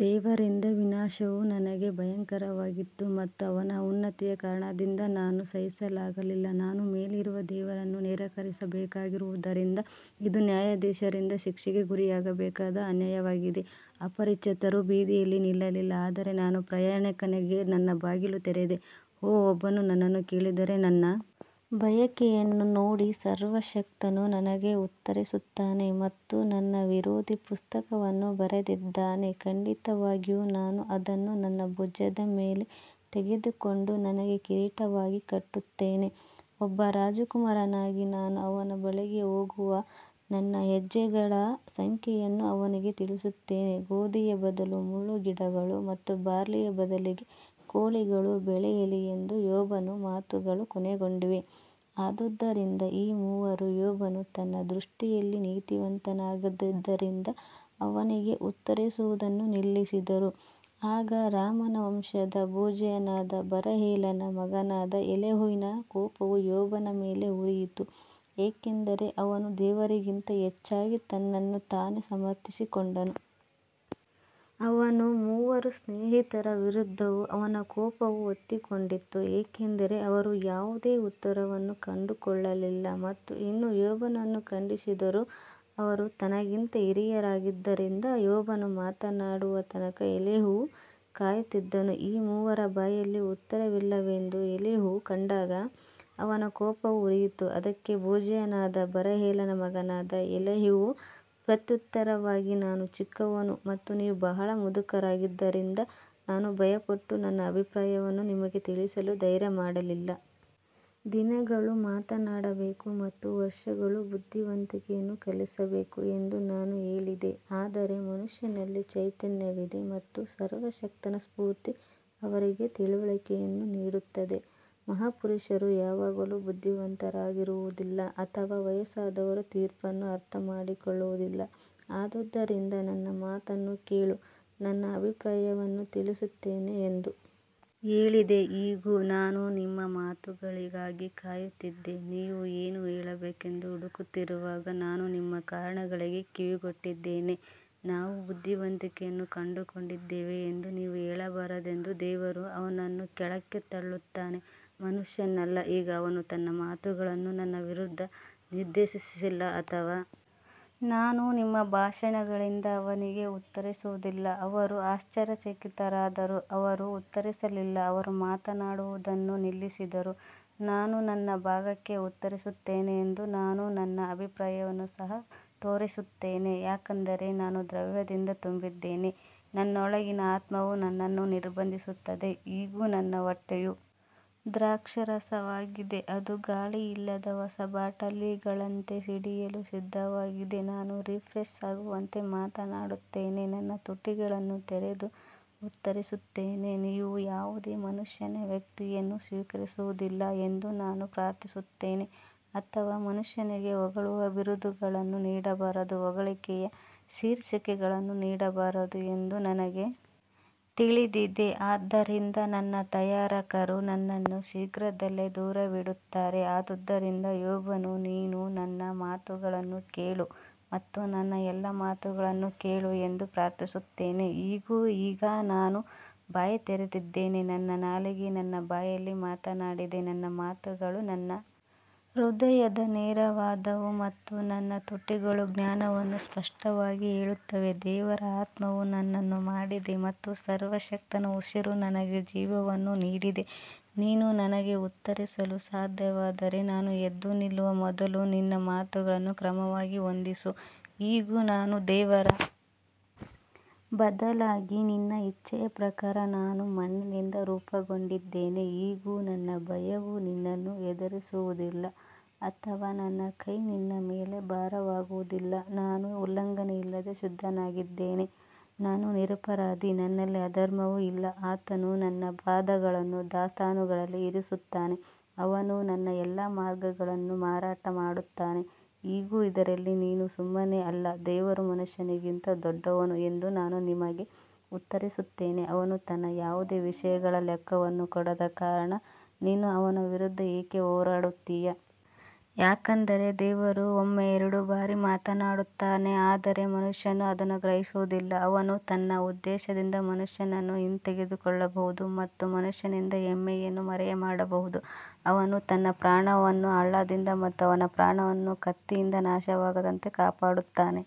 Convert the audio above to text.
ದೇವರಿಂದ ವಿನಾಶವು ನನಗೆ ಭಯಂಕರವಾಗಿತ್ತು ಮತ್ತು ಅವನ ಉನ್ನತಿಯ ಕಾರಣದಿಂದ ನಾನು ಸಹಿಸಲಾಗಲಿಲ್ಲ ನಾನು ಮೇಲಿರುವ ದೇವರನ್ನು ನಿರಾಕರಿಸಬೇಕಾಗಿರುವುದರಿಂದ ಇದು ನ್ಯಾಯಾಧೀಶರಿಂದ ಶಿಕ್ಷೆಗೆ ಗುರಿಯಾಗಬೇಕಾದ ಅನ್ಯಾಯವಾಗಿದೆ ಅಪರಿಚಿತರು ಬೀದಿಯಲ್ಲಿ ನಿಲ್ಲಲಿಲ್ಲ ಆದರೆ ನಾನು ಪ್ರಯಾಣಿಕನಿಗೆ ನನ್ನ ಬಾಗಿಲು ತೆರೆದೆ ಓಹ್, ಒಬ್ಬನು ನನ್ನನ್ನು ಕೇಳಿದರೆ, ನನ್ನ ಬಯಕೆಯನ್ನು ನೋಡಿ, ಸರ್ವಶಕ್ತನು ನನಗೆ ಉತ್ತರಿಸುತ್ತಾನೆ ಮತ್ತು ನನ್ನ ವಿರೋಧಿ ಪುಸ್ತಕವನ್ನು ಬರೆದಿದ್ದಾನೆ ಖಂಡಿತವಾಗಿಯೂ ನಾನು ಅದನ್ನು ನನ್ನ ಭುಜದ ಮೇಲೆ ತೆಗೆದುಕೊಂಡು ನನಗೆ ಕಿರೀಟವಾಗಿ ಕಟ್ಟುತ್ತೇನೆ ಒಬ್ಬ ರಾಜಕುಮಾರನಾಗಿ ನಾನು ಅವನ ಬಳಿಗೆ ಹೋಗುವ ನನ್ನ ಹೆಜ್ಜೆಗಳ ಸಂಖ್ಯೆಯನ್ನು ಅವನಿಗೆ ತಿಳಿಸುತ್ತೇನೆ ಗೋಧಿಯ ಬದಲು ಮುಳ್ಳುಗಿಡಗಳು ಮತ್ತು ಬಾರ್ಲಿಯ ಬದಲಿಗೆ ಕೋಳಿಗಳು ಬೆಳೆಯಲಿ ಎಂದು ಯೋಬನ ಮಾತುಗಳು ಕೊನೆಗೊಂಡಿವೆ ಆದುದರಿಂದ ಈ ಮೂವರು ಯೋಬನು ತನ್ನ ದೃಷ್ಟಿಯಲ್ಲಿ ನೀತಿವಂತನಾಗಿದ್ದರಿಂದ ಅವನಿಗೆ ಉತ್ತರಿಸುವುದನ್ನು ನಿಲ್ಲಿಸಿದರು ಆಗ ರಾಮನ ವಂಶದ ಬೂಜಿಯನಾದ ಬರಹೇಲನ ಮಗನಾದ ಎಲೀಹುವಿನ ಕೋಪವು ಯೋಬನ ಮೇಲೆ ಉರಿಯಿತು, ಏಕೆಂದರೆ ಅವನು ದೇವರಿಗಿಂತ ಹೆಚ್ಚಾಗಿ ತನ್ನನ್ನು ತಾನೇ ಸಮರ್ಥಿಸಿಕೊಂಡನು. ಅವನ ಮೂವರು ಸ್ನೇಹಿತರ ವಿರುದ್ಧವೂ ಅವನ ಕೋಪವು ಹೊತ್ತಿಕೊಂಡಿತು ಏಕೆಂದರೆ ಅವರು ಯಾವುದೇ ಉತ್ತರವನ್ನು ಕಂಡುಕೊಳ್ಳಲಿಲ್ಲ ಮತ್ತು ಇನ್ನೂ ಯೋಬನನ್ನು ಖಂಡಿಸಿದರು ಅವರು ತನಗಿಂತ ಹಿರಿಯರಾಗಿದ್ದರಿಂದ ಯೋಬನು ಮಾತನಾಡುವ ತನಕ ಎಲೀಹು ಕಾಯುತ್ತಿದ್ದನು ಈ ಮೂವರ ಬಾಯಲ್ಲಿ ಉತ್ತರವಿಲ್ಲವೆಂದು ಎಲೀಹು ಕಂಡಾಗ ಅವನ ಕೋಪವು ಉರಿಯಿತು ಅದಕ್ಕೆ ಬೂಜಿಯನಾದ ಬರಹೇಲನ ಮಗನಾದ ಎಲೀಹು ಪ್ರತ್ಯುತ್ತರವಾಗಿ ನಾನು ಚಿಕ್ಕವನು ಮತ್ತು ನೀವು ಬಹಳ ಮುದುಕರಾಗಿದ್ದರಿಂದ ನಾನು ಭಯಪಟ್ಟು ನನ್ನ ಅಭಿಪ್ರಾಯವನ್ನು ನಿಮಗೆ ತಿಳಿಸಲು ಧೈರ್ಯಮಾಡಲಿಲ್ಲ. ದಿನಗಳು ಮಾತನಾಡಬೇಕು ಮತ್ತು ವರ್ಷಗಳು ಬುದ್ಧಿವಂತಿಕೆಯನ್ನು ಕಲಿಸಬೇಕು ಎಂದು ನಾನು ಹೇಳಿದೆ ಆದರೆ ಮನುಷ್ಯನಲ್ಲಿ ಚೈತನ್ಯವಿದೆ ಮತ್ತು ಸರ್ವಶಕ್ತನ ಸ್ಫೂರ್ತಿ ಅವರಿಗೆ ತಿಳುವಳಿಕೆಯನ್ನು ನೀಡುತ್ತದೆ ಮಹಾಪುರುಷರು ಯಾವಾಗಲೂ ಬುದ್ಧಿವಂತರಾಗಿರುವುದಿಲ್ಲ ಅಥವಾ ವಯಸ್ಸಾದವರು ತೀರ್ಪನ್ನು ಅರ್ಥಮಾಡಿಕೊಳ್ಳುವುದಿಲ್ಲ ಆದುದರಿಂದ ನನ್ನ ಮಾತನ್ನು ಕೇಳು, ನನ್ನ ಅಭಿಪ್ರಾಯವನ್ನೂ ತಿಳಿಸುತ್ತೇನೆ ಎಂದು ಹೇಳಿದೆ ಇಗೋ, ನಾನು ನಿಮ್ಮ ಮಾತುಗಳಿಗಾಗಿ ಕಾಯುತ್ತಿದ್ದೆ, ನೀವು ಏನು ಹೇಳಬೇಕೆಂದು ಹುಡುಕುತ್ತಿರುವಾಗ ನಾನು ನಿಮ್ಮ ಕಾರಣಗಳಿಗೆ ಕಿವಿಗೊಟ್ಟಿದ್ದೇನೆ ನಾವು ಬುದ್ಧಿವಂತಿಕೆಯನ್ನು ಕಂಡುಕೊಂಡಿದ್ದೇವೆ ಎಂದು ನೀವು ಹೇಳಬಾರದೆಂದು ದೇವರು ಅವನನ್ನು ಕೆಳಕ್ಕೆ ತಳ್ಳುತ್ತಾನೆ ಮನುಷ್ಯನಲ್ಲ ಈಗ ಅವನು ತನ್ನ ಮಾತುಗಳನ್ನು ನನ್ನ ವಿರುದ್ಧ ನಿರ್ದೇಶಿಸಿಲ್ಲ ಅಥವಾ ನಾನು ನಿಮ್ಮ ಭಾಷಣಗಳಿಂದ ಅವನಿಗೆ ಉತ್ತರಿಸುವುದಿಲ್ಲ ಅವರು ಆಶ್ಚರ್ಯಚಕಿತರಾದರು, ಅವರು ಉತ್ತರಿಸಲಿಲ್ಲ, ಅವರು ಮಾತನಾಡುವುದನ್ನು ನಿಲ್ಲಿಸಿದರು ನಾನು ನನ್ನ ಭಾಗಕ್ಕೆ ಉತ್ತರಿಸುತ್ತೇನೆ ಎಂದು ನಾನು ನನ್ನ ಅಭಿಪ್ರಾಯವನ್ನು ಸಹ ತೋರಿಸುತ್ತೇನೆ ಯಾಕಂದರೆ ನಾನು ದ್ರವ್ಯದಿಂದ ತುಂಬಿದ್ದೇನೆ ನನ್ನೊಳಗಿನ ಆತ್ಮವು ನನ್ನನ್ನು ನಿರ್ಬಂಧಿಸುತ್ತದೆ ಇಗೋ, ನನ್ನ ಹೊಟ್ಟೆಯು ದ್ರಾಕ್ಷಾರಸವಾಗಿದೆ, ಅದು ಗಾಳಿಯಿಲ್ಲದ ಹೊಸ ಬಾಟಲಿಗಳಂತೆ ಸಿಡಿಯಲು ಸಿದ್ಧವಾಗಿದೆ ನಾನು ರಿಫ್ರೆಶ್ ಆಗುವಂತೆ ಮಾತನಾಡುತ್ತೇನೆ, ನನ್ನ ತುಟಿಗಳನ್ನು ತೆರೆದು ಉತ್ತರಿಸುತ್ತೇನೆ ನೀವು ಯಾವುದೇ ಮನುಷ್ಯನ ವ್ಯಕ್ತಿಯನ್ನು ಸ್ವೀಕರಿಸುವುದಿಲ್ಲ ಎಂದು ನಾನು ಪ್ರಾರ್ಥಿಸುತ್ತೇನೆ ಅಥವಾ ಮನುಷ್ಯನಿಗೆ ಹೊಗಳುವ ಬಿರುದುಗಳನ್ನು ನೀಡಬಾರದು ಹೊಗಳಿಕೆಯ ಶೀರ್ಷಿಕೆಗಳನ್ನು ನೀಡಬಾರದು ಎಂದು ನನಗೆ ತಿಳಿದಿದೆ, ಆದ್ದರಿಂದ ನನ್ನ ತಯಾರಕರು ನನ್ನನ್ನು ಶೀಘ್ರದಲ್ಲೇ ದೂರವಿಡುತ್ತಾರೆ ಆದುದರಿಂದ ಯೋಬನು ನೀನು ನನ್ನ ಮಾತುಗಳನ್ನು ಕೇಳು ಮತ್ತು ನನ್ನ ಎಲ್ಲಾ ಮಾತುಗಳನ್ನು ಕೇಳು ಎಂದು ಪ್ರಾರ್ಥಿಸುತ್ತೇನೆ ಇಗೋ ಈಗ ನಾನು ಬಾಯಿ ತೆರೆದಿದ್ದೇನೆ ನನ್ನ ನಾಲಿಗೆ ನನ್ನ ಬಾಯಲ್ಲಿ ಮಾತನಾಡಿದೆ ನನ್ನ ಮಾತುಗಳು ನನ್ನ ಹೃದಯದ ನೇರವಾದವು ಮತ್ತು ನನ್ನ ತುಟಿಗಳು ಜ್ಞಾನವನ್ನು ಸ್ಪಷ್ಟವಾಗಿ ಹೇಳುತ್ತವೆ ದೇವರ ಆತ್ಮವು ನನ್ನನ್ನು ಮಾಡಿದೆ ಮತ್ತು ಸರ್ವಶಕ್ತನ ಉಸಿರು ನನಗೆ ಜೀವವನ್ನು ನೀಡಿದೆ ನೀನು ನನಗೆ ಉತ್ತರಿಸಲು ಸಾಧ್ಯವಾದರೆ ನಾನು ಎದ್ದು ನಿಲ್ಲುವ ಮೊದಲು ನಿನ್ನ ಮಾತುಗಳನ್ನು ಕ್ರಮವಾಗಿ ಹೊಂದಿಸು ಇಗೋ, ನಾನು ದೇವರ ಬದಲಾಗಿ ನಿನ್ನ ಇಚ್ಛೆಯ ಪ್ರಕಾರ ನಾನು ಮಣ್ಣಿನಿಂದ ರೂಪುಗೊಂಡಿದ್ದೇನೆ ಇಗೋ, ನನ್ನ ಭಯವು ನಿನ್ನನ್ನು ಹೆದರಿಸುವುದಿಲ್ಲ ಅಥವಾ ನನ್ನ ಕೈ ನಿನ್ನ ಮೇಲೆ ಭಾರವಾಗುವುದಿಲ್ಲ ನಾನು ಉಲ್ಲಂಘನೆಯಿಲ್ಲದೆ ಶುದ್ಧನಾಗಿದ್ದೇನೆ, ನಾನು ನಿರಪರಾಧಿ, ನನ್ನಲ್ಲಿ ಅಧರ್ಮವೂ ಇಲ್ಲ ಆತನು ನನ್ನ ಪಾದಗಳನ್ನು ದಾಸ್ತಾನುಗಳಲ್ಲಿ ಇರಿಸುತ್ತಾನೆ, ಅವನು ನನ್ನ ಎಲ್ಲಾ ಮಾರ್ಗಗಳನ್ನು ಮಾರಾಟ ಮಾಡುತ್ತಾನೆ ಇಗೋ, ಇದರಲ್ಲಿ ನೀನು ಸುಮ್ಮನೆ ಅಲ್ಲ, ದೇವರು ಮನುಷ್ಯನಿಗಿಂತ ದೊಡ್ಡವನು ಎಂದು ನಾನು ನಿಮಗೆ ಉತ್ತರಿಸುತ್ತೇನೆ ಅವನು ತನ್ನ ಯಾವುದೇ ವಿಷಯಗಳ ಲೆಕ್ಕವನ್ನು ಕೊಡದ ಕಾರಣ ನೀನು ಅವನ ವಿರುದ್ಧ ಏಕೆ ಹೋರಾಡುತ್ತೀಯ? ಯಾಕಂದರೆ ದೇವರು ಒಮ್ಮೆ ಎರಡು ಬಾರಿ ಮಾತನಾಡುತ್ತಾನೆ ಆದರೆ ಮನುಷ್ಯನು ಅದನ್ನು ಗ್ರಹಿಸುವುದಿಲ್ಲ ಅವನು ತನ್ನ ಉದ್ದೇಶದಿಂದ ಮನುಷ್ಯನನ್ನು ಹಿಂತೆಗೆದುಕೊಳ್ಳಬಹುದು ಮತ್ತು ಮನುಷ್ಯನಿಂದ ಹೆಮ್ಮೆಯನ್ನು ಮರೆಮಾಡಬಹುದು ಅವನು ತನ್ನ ಪ್ರಾಣವನ್ನು ಹಳ್ಳದಿಂದ ಮತ್ತು ಅವನ ಪ್ರಾಣವನ್ನು ಕತ್ತಿಯಿಂದ ನಾಶವಾಗದಂತೆ ಕಾಪಾಡುತ್ತಾನೆ.